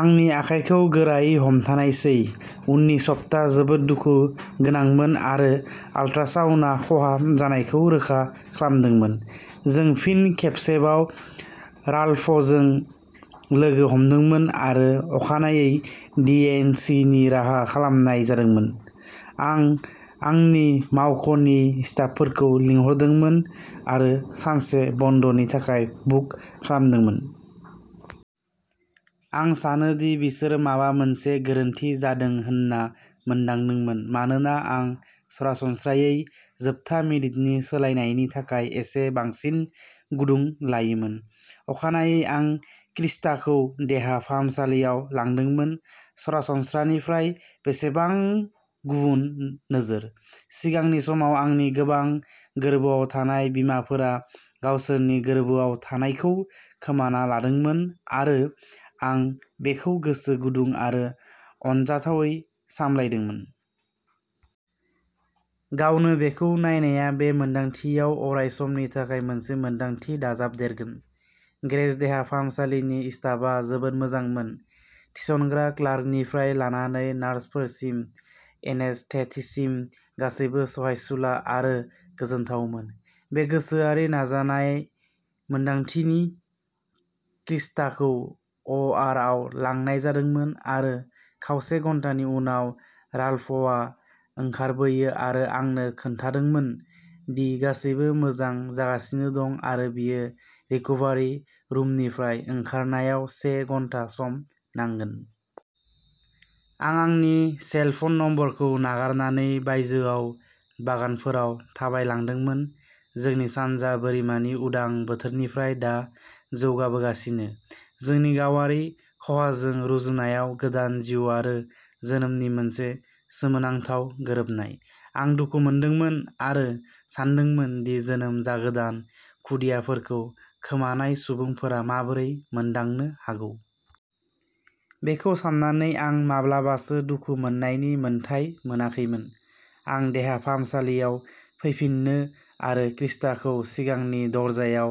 आंनि आखायखौ गोरायै हमथानायसै। उननि सप्ता जोबोद दुखु गोनांमोन आरो आल्ट्रासाउन्डआ खहा जानायखौ रोखा खालामदोंमोन। जों फिन खेबसेबाव राल्फजों लोगो हमदोंमोन आरो अखानायै डि एन्ड सि नि राहा खालामनाय जादोंमोन। आं आंनि मावख'नि स्टाफखौ लिंहरदोंमोन आरो सानसे बन्द'नि थाखाय बुक खालामदोंमोन। आं सानो दि बिसोर माबा मोनसे गोरोन्थि जादों होनना मोनदांदोंमोन मानोना आं सरासनस्रायै जोबथा मिनिटनि सोलायनायनि थाखाय एसे बांसिन गुदुं लायोमोन। अखानायै आं क्रिस्टाखौ देहा फाहामसालियाव लांदोंमोन। सरासनस्रानिफ्राय बेसेबां गुबुन नोजोर। सिगांनि समाव आंनि गोबां गोर्बोआव थानाय बिमाफोरा गावसोरनि गोर्बोआव थानायखौ खोमाना लादोंमोन आरो आं बेखौ गोसो गुदुं आरो अनजाथावै सामलायदोंमोन। गावनो बेखौ नायनाया बे मोनदांथियाव अराय समनि थाखाय मोनसे मोनदांथि दाजाबदेरगोन। ग्रेस देहा फाहामसालिनि स्टाफआ जोबोद मोजांमोन। थिसनग्रा क्लार्कनिफ्राय लानानै नार्सफोरसिम, एनेस्थेटिस्टसिम गासैबो सहायसुला आरो गोजोनथावमोन। बे गोसोआरि नाजानाय मोन्दांथि। क्रिस्टाखौ अआरआव लांनाय जादोंमोन आरो खावसे घन्टानि उनाव राल्फआ ओंखारबोयो आरो आंनो खोन्थादोंमोन दि गासिबो मोजां जागासिनो दं आरो बियो रिक'भारि रुमनिफ्राय ओंखारनायाव से घन्टा सम नांगोन। आं आंनि सेल फन नम्बरखौ नागारनानै बायजोआव बागानफोराव थाबायलांदोंमोन, जोंनि सानजा बोरिमानि उदां बोथोरनिफ्राय दा जौगाबोगासिनो, जोंनि गावारि खहाजों रुजुनायाव गोदान जिउ आरो जोनोमनि मोनसे सोमोनांथाव गोरोबनाय। आं दुखु मोनदोंमोन आरो सानदोंमोन दि जोनोम जागोदान खुदियाफोरखौ खोमानाय सुबुंफोरा माबोरै मोनदांनो हागौ। बेखौ सान्नानै आं माब्लाबासो दुखु मोन्नायनि मोन्थाइ मोनाखैमोन। आं देहा फाहामसालियाव फैफिनो आरो क्रिस्टाखौ सिगांनि दरजायाव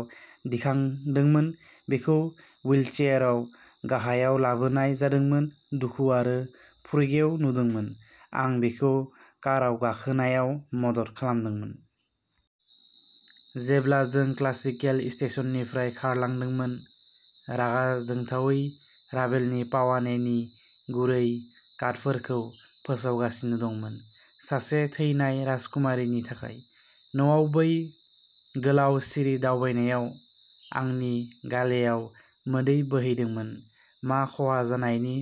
दैखांदोंमोन। बिखौ हुइल चेयारआव गाहायाव लाबोनाय जादोंमोन, दुखु आरो फुरगेव नुदोंमोन। आं बिखौ काराव गाखोनायाव मदद खालामदोंमोन। जेब्ला जों क्लासिकेल स्टेशननिफ्राय खारलांदोंमोन, रागा जोंथावै रावेलनि पावाने नि गुरै कर्डफोरखौ फोसावगासिनो दंमोन। सासे थैनाय राजकुमारीनि थाखाय। न'आव बै गोलाव सिरि दावबायनायाव आंनि गालेआव मोदै बोहैदोंमोन। मा खहा जानायनि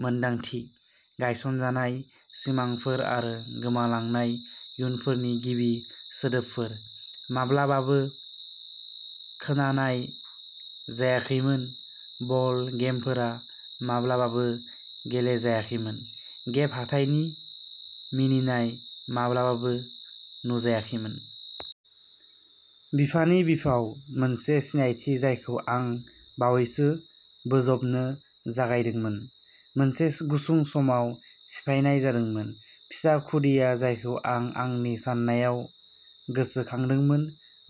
मोनदांथि, गायसनजानाय सिमांफोर आरो गोमालांनाय इयुनफोरनि गिबि सोदोबफोर माब्लाबाबो खोनानाय जायाखैमोन, बल गेमफोरा माब्लाबाबो गेलेजायाखैमोन, गेप हाथाइ मिनिनाय माब्लाबाबो नुजायाखैमोन। बिफानि बिफाव, मोनसे सिनायथि जायखौ आं बावैसो बोजबनो जागायदोंमोन, मोनसे गुसुं समाव सिफायनाय जादोंमोन। फिसा खुदिया, जायखौ आं आंनि साननायाव गोसो खांदोंमोन,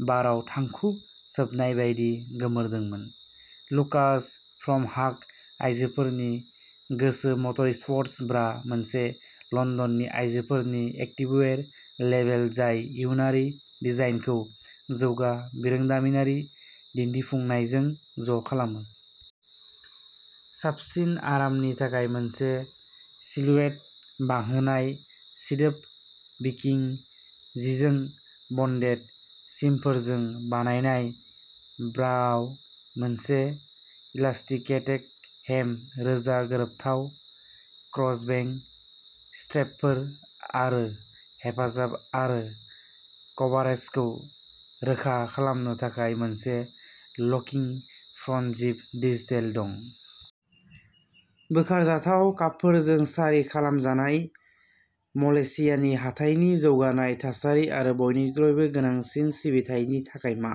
बाराव थांखु सोबनाय बायदि गोमोरदोंमोन। लुकास ह्यूनिफ्राय आयजोफोरनि गोसोम'टर्क'स्पर्टस ब्रा मोनसे लन्दननि आयजोफोरनि एक्टिभ वेयार लेबेल जाय इयुनारि डिजाइनखौ जौगा बिरोंदामिनारि दिन्थिफुंनायजों ज' खालामो। साबसिन आरामनि थाखाय मोनसे सिलुएट बांहोनाय, सिदोब विकिं जिजों बन्डेड सिमफोरजों बानायनाय, ब्राआव मोनसे इलास्टिकेटेड हेम, रोजा गोरोबथाव क्रस बेक स्ट्रेपफोर आरो हेफाजाब आरो कभारेजखौ रोखा खालामनो थाखाय मोनसे लकिं फ्रन्ट जिप डिटेइल दं। बोखारजाथाव कापफोरजों सारि खालामजानाय। मलेशियानि हाथाइनि जौगानाय थासारि आरो बयनिख्रुइबो गोनांसिन सिबिथायनि थाखाय मा?